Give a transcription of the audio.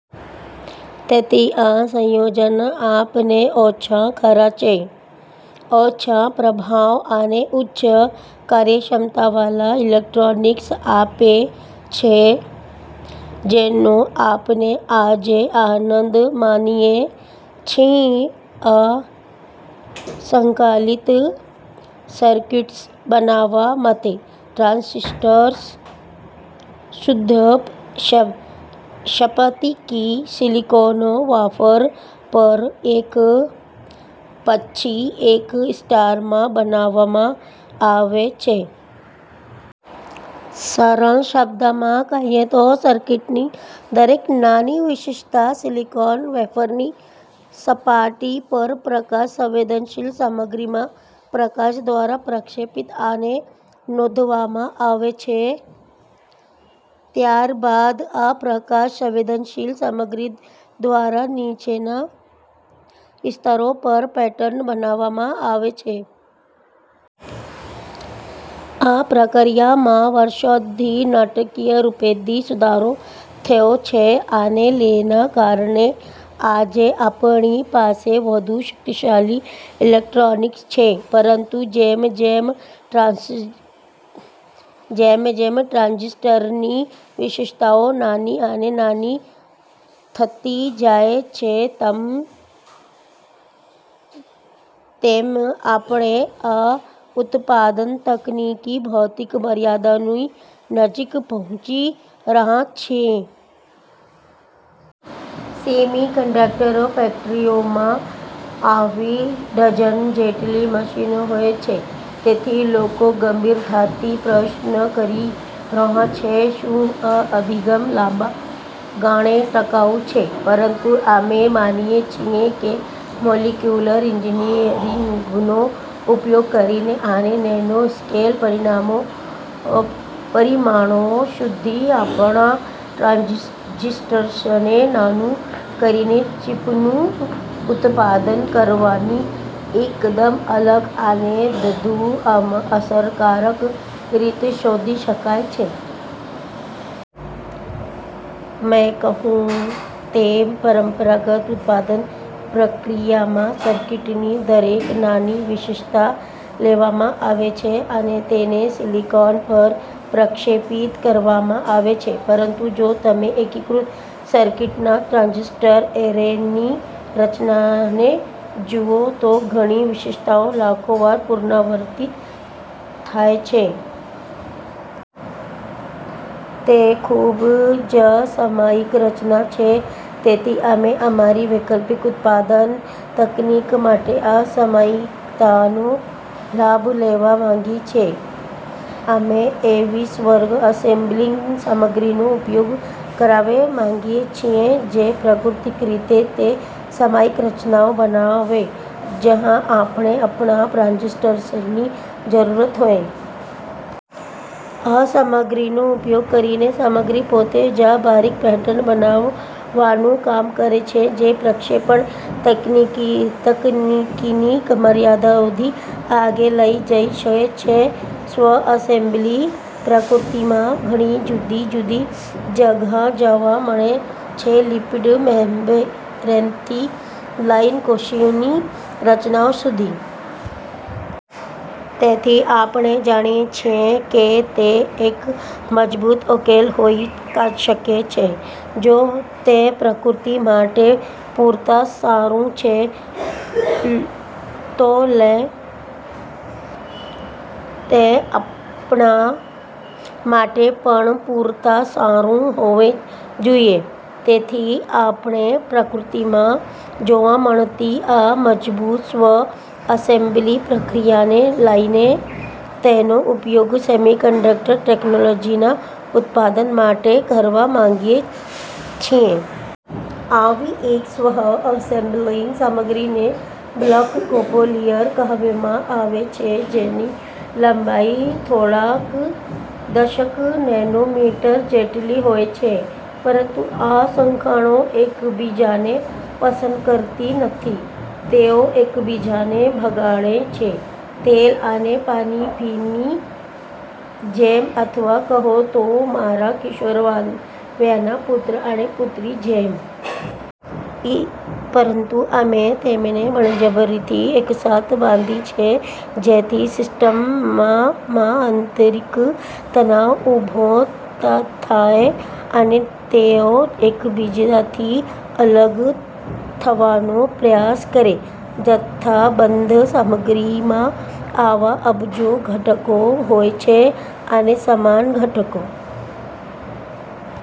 તેથી આ સંયોજન આપણને ઓછા ખર્ચે, ઉચ્ચ પ્રભાવ અને ઉચ્ચ કાર્યક્ષમતાવાળા ઇલેક્ટ્રોનિક્સ આપે છે, જેનો આપણે આજે આનંદ માણીએ છીએ. આ સંકલિત સર્કિટ્સ બનાવવા માટે, ટ્રાન્ઝિસ્ટર્સ શુદ્ધ સ્ફટિકીય સિલિકોન વેફર પર એક પછી એક સ્તરમાં બનાવવામાં આવે છે. સરળ શબ્દોમાં કહીએ તો, સર્કિટની દરેક નાની વિશેષતા સિલિકોન વેફરની સપાટી પર પ્રકાશ-સંવેદનશીલ સામગ્રીમાં પ્રકાશ દ્વારા પ્રક્ષેપિત અને નોંધવામાં આવે છે. ત્યારબાદ આ પ્રકાશ-સંવેદનશીલ સામગ્રી દ્વારા નીચેના સ્તરો પર પેટર્ન બનાવવામાં આવે છે. આ પ્રક્રિયામાં વર્ષોથી નાટકીય રીતે સુધારો થયો છે અને તેના કારણે આજે આપણી પાસે વધુ શક્તિશાળી ઇલેક્ટ્રોનિક્સ છે. પરંતુ જેમ જેમ ટ્રાન્ઝિસ્ટરની વિશેષતાઓ નાની અને નાની થતી જાય છે, તેમ આપણે આ ઉત્પાદન તકનીકની ભૌતિક મર્યાદાઓની નજીક પહોંચી રહ્યા છીએ. સેમિકન્ડક્ટર ફેક્ટરીઓમાં આવી ડઝન જેટલી મશીનો હોય છે. તેથી લોકો ગંભીરતાથી પ્રશ્ન કરી રહ્યા છે: શું આ અભિગમ લાંબા ગાળે ટકાઉ છે? પરંતુ અમે માનીએ છીએ કે મોલેક્યુલર એન્જિનિયરિંગનો ઉપયોગ કરીને અને નેનોસ્કેલ પરિણામો પરિમાણો સુધી આપણા ટ્રાન્ઝિસ્ટર્સને નાનું કરીને ચિપનું ઉત્પાદન કરવાની એકદમ અલગ અને વધુ અસરકારક રીત શોધી શકાય છે. મેં કહ્યું તે, પરંપરાગત ઉત્પાદન પ્રક્રિયામાં સર્કિટની દરેક નાની વિશેષતા લેવામાં આવે છે અને તેને સિલિકોન પર પ્રક્ષેપિત કરવામાં આવે છે. પરંતુ જો તમે એકીકૃત સર્કિટના ટ્રાન્ઝિસ્ટર એરેની રચનાને જુઓ, તો ઘણી વિશેષતાઓ લાખો વખત પુનરાવર્તિત થાય છે. તે ખૂબ જ સામયિક રચના છે. તેથી અમે અમારી વૈકલ્પિક ઉત્પાદન તકનીક માટે આ સામયિકતાનો લાભ લેવા માંગીએ છીએ. અમે એવી સ્વ-એસેમ્બલિંગ સામગ્રીનો ઉપયોગ કરવા માંગીએ છીએ, જે કુદરતી રીતે તે સામયિક રચનાઓ બનાવે, જ્યાં આપણને આપણા ટ્રાન્ઝિસ્ટર્સની જરૂર હોય. આ સામગ્રીનો ઉપયોગ કરીને, સામગ્રી પોતે જ બારીક પેટર્ન બનાવવાનું કામ કરે છે, જે પ્રક્ષેપણ તકનીકની મર્યાદાઓથી આગળ લઈ જઈ શકે છે. સ્વ-એસેમ્બલી પ્રકૃતિમાં ઘણી જુદી જુદી જગ્યાએ જોવા મળે છે, લિપિડ મેમ્બ્રેનથી લઈને કોષોની રચનાઓ સુધી. તેથી આપણે જાણીએ છીએ કે તે એક મજબૂત ઉકેલ હોઈ શકે છે. જો તે પ્રકૃતિ માટે પૂરતું સારું છે, તો તે આપણા માટે પણ પૂરતું સારું હોવું જોઈએ. તેથી આપણે પ્રકૃતિમાં જોવા મળતી આ મજબૂત સ્વ-એસેમ્બલી પ્રક્રિયાને લઈને તેનો ઉપયોગ સેમિકન્ડક્ટર ટેક્નોલોજીના ઉત્પાદન માટે કરવા માંગીએ છીએ. આવી એક સ્વ-એસેમ્બલિંગ સામગ્રીને બ્લોક કોપોલિમર કહેવામાં આવે છે, જેની લંબાઈ થોડાક દશક નેનોમીટર જેટલી હોય છે. પરંતુ આ સાંકળો એકબીજાને પસંદ કરતી નથી. તેઓ એકબીજાને ભગાડે છે, તેલ અને પાણીની જેમ અથવા, કહો તો, મારા કિશોરવયના પુત્ર અને પુત્રીની જેમ. પરંતુ અમે તેમને બળજબરીથી એકસાથે બાંધીએ છીએ, જેથી સિસ્ટમમાં આંતરિક તણાવ ઊભો થાય અને તેઓ એકબીજાથી અલગ થવાનો પ્રયાસ કરે. જથ્થાબંધ સામગ્રીમાં આવા અબજો ઘટકો હોય છે, અને સમાન ઘટકો...